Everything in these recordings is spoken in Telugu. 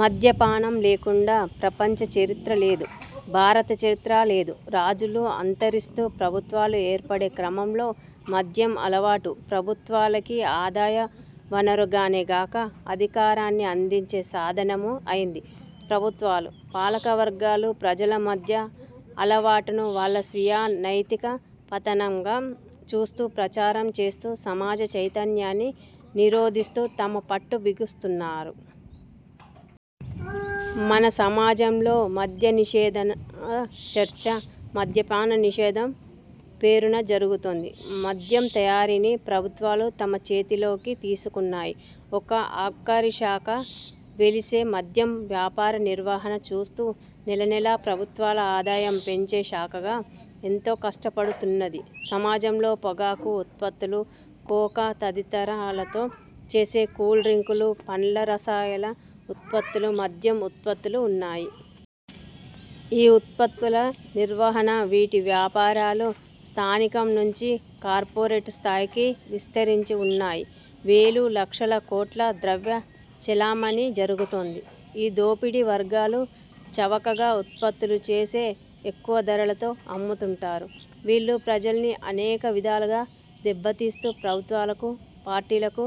మద్యపానం లేకుండా ప్రపంచ చరిత్ర లేదు. భారత చరిత్రా లేదు. రాజులు అంతరిస్తూ ప్రభుత్వాలు ఏర్పడే క్రమంలో మద్యం అలవాటు ప్రభుత్వాలకి ఆదాయ వనరుగానేకాక అధికారాన్ని అందించే సాధనమూ అయింది. ప్రభుత్వాలు, పాలకవర్గాలు ప్రజల మద్యం అలవాటును వాళ్ళ స్వీయ, నైతిక పతనంగా చూస్తూ, ప్రచారం చేస్తూ, సమాజ చైతన్యాన్ని నిరోధిస్తూ తమ పట్టు బిగిస్తున్నారు. మన సమాజంలో 'మద్యనిషేధ' చర్చ 'మద్యపాన నిషేధం' పేరున జరుగుతోంది. మద్యం తయారీని ప్రభుత్వాలు తమ చేతిలోకి తీసుకున్నాయి. ఒక ఆబ్కారీ శాఖ వెలిసి మద్యం వ్యాపార నిర్వహణ చూస్తూ నెలనెలా ప్రభుత్వాల ఆదాయం పెంచే శాఖగా ఎంతో కష్టపడుతున్నది. సమాజంలో పొగాకు ఉత్పత్తులు, కోకా తదితరాలతో చేసే కూల్ డ్రింకులు, పండ్ల రసాల ఉత్పత్తులు, మద్యం ఉత్పత్తులు ఉన్నాయి. ఈ ఉత్పత్తుల నిర్వహణ, వీటి వ్యాపారాలు స్థానికం నుంచి కార్పొరేట్ స్థాయికి విస్తరించి వున్నాయి. వేలు, లక్షల కోట్ల ద్రవ్య చలామణి జరుగుతోంది. ఈ దోపిడీ వర్గాలు చవకగా ఉత్పత్తులు చేసి ఎక్కువ ధరలతో అమ్ముతుంటారు. వీళ్ళు ప్రజల్ని అనేక విధాలుగా దెబ్బతీస్తూ ప్రభుత్వాలకు పార్టీలకు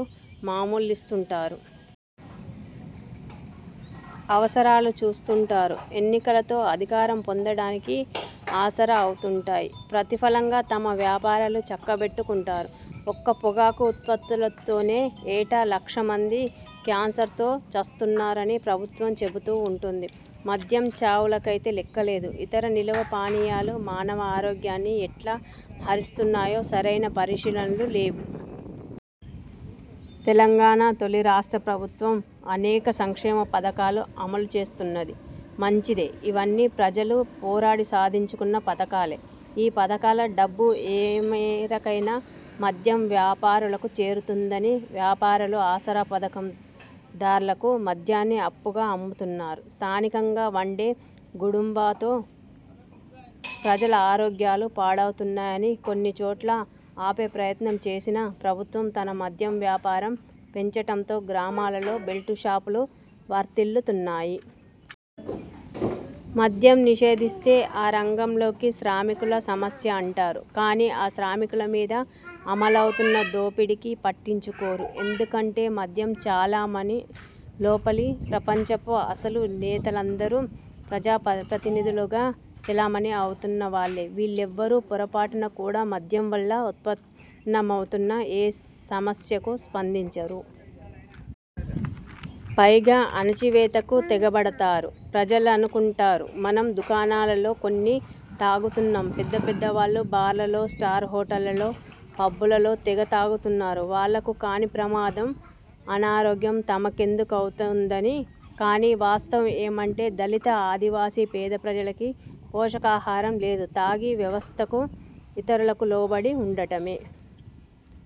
మామూళ్ళిస్తుంటారు. అవసరాలు చూస్తుంటారు. ఎన్నికలతో అధికారం పొందడానికి ఆసరా అవుతుంటారు. ప్రతిఫలంగా తమ వ్యాపారాలు చక్కబెట్టుకుంటారు. ఒక్క పొగాకు ఉత్పత్తులతోనే ఏటా లక్షమంది కేన్సర్తో చస్తున్నారని ప్రభుత్వం చెబుతూ వుంటుంది. మద్యం చావులకైతే లెక్కే లేదు. ఇతర నిలువ పానీయాలు మానవ ఆరోగ్యాన్ని ఎట్లా హరిస్తున్నాయో సరైన పరిశీనలు లేవు. తెలంగాణ తొలి రాష్ట్ర ప్రభుత్వం అనేక సంక్షేమ పథకాలు అమలు చేస్తున్నది. మంచిదే; ఇవన్నీ ప్రజలు పోరాడి సాధించుకున్న పథకాలే. ఈ పథకాల డబ్బు ఏమేరకైనా మద్యం వ్యాపారులకు చేరుతున్నది. వ్యాపారులు ఆసరా పథకం దార్లకు మద్యాన్ని అప్పుగా అమ్ముతున్నారు. స్థానికంగా వండే గుడుంబాతో ప్రజల ఆరోగ్యాలు పాడవుతున్నాయని కొన్ని చోట్ల ఆపే ప్రయత్నం చేసిన ప్రభుత్వం తన మద్యం వ్యాపారం పెంచటంతో గ్రామాలలో బెల్టు షాపులు వర్ధిల్లుతున్నాయి. మద్యం నిషేధిస్తే ఆ రంగంలోకి శ్రామికుల సమస్య అంటారు. కానీ ఆ శ్రామికుల మీద అమలవుతున్న దోపిడీని పట్టించుకోరు. ఎందుకంటే మద్యం చలామణి లోపలి ప్రపంచపు అసలు నేతలందరూ ప్రజాప్రతినిధులుగా చలామణి అవుతున్న వాళ్ళే. వీళ్ళెవ్వరూ పొరపాటున కూడా మద్యం వల్ల ఉత్పన్నమవుతున్న ఏ సమ స్యకూ స్పందించరు. పైగా అణచివేతకు తెగబడతారు. ప్రజలనుకుంటారు 'మనం దుకాణాలలో కొని తాగుతున్నాం. పెద్ద పెద్ద వాళ్ళు బార్లలో, స్టార్ హోటళ్ళలో పబ్బులలో తెగ తాగుతున్నారు. వాళ్ళకు కాని ప్రమాదం, అనారోగ్యం తమకెందుకవుతుందని'. కానీ వాస్తవం ఏమంటే దళిత, ఆదివాసీ, పేద ప్రజలకి పోషకాహారం లేదు. తాగి వ్యవస్థకు, ఇతరులకు లోబడి వుండడమే.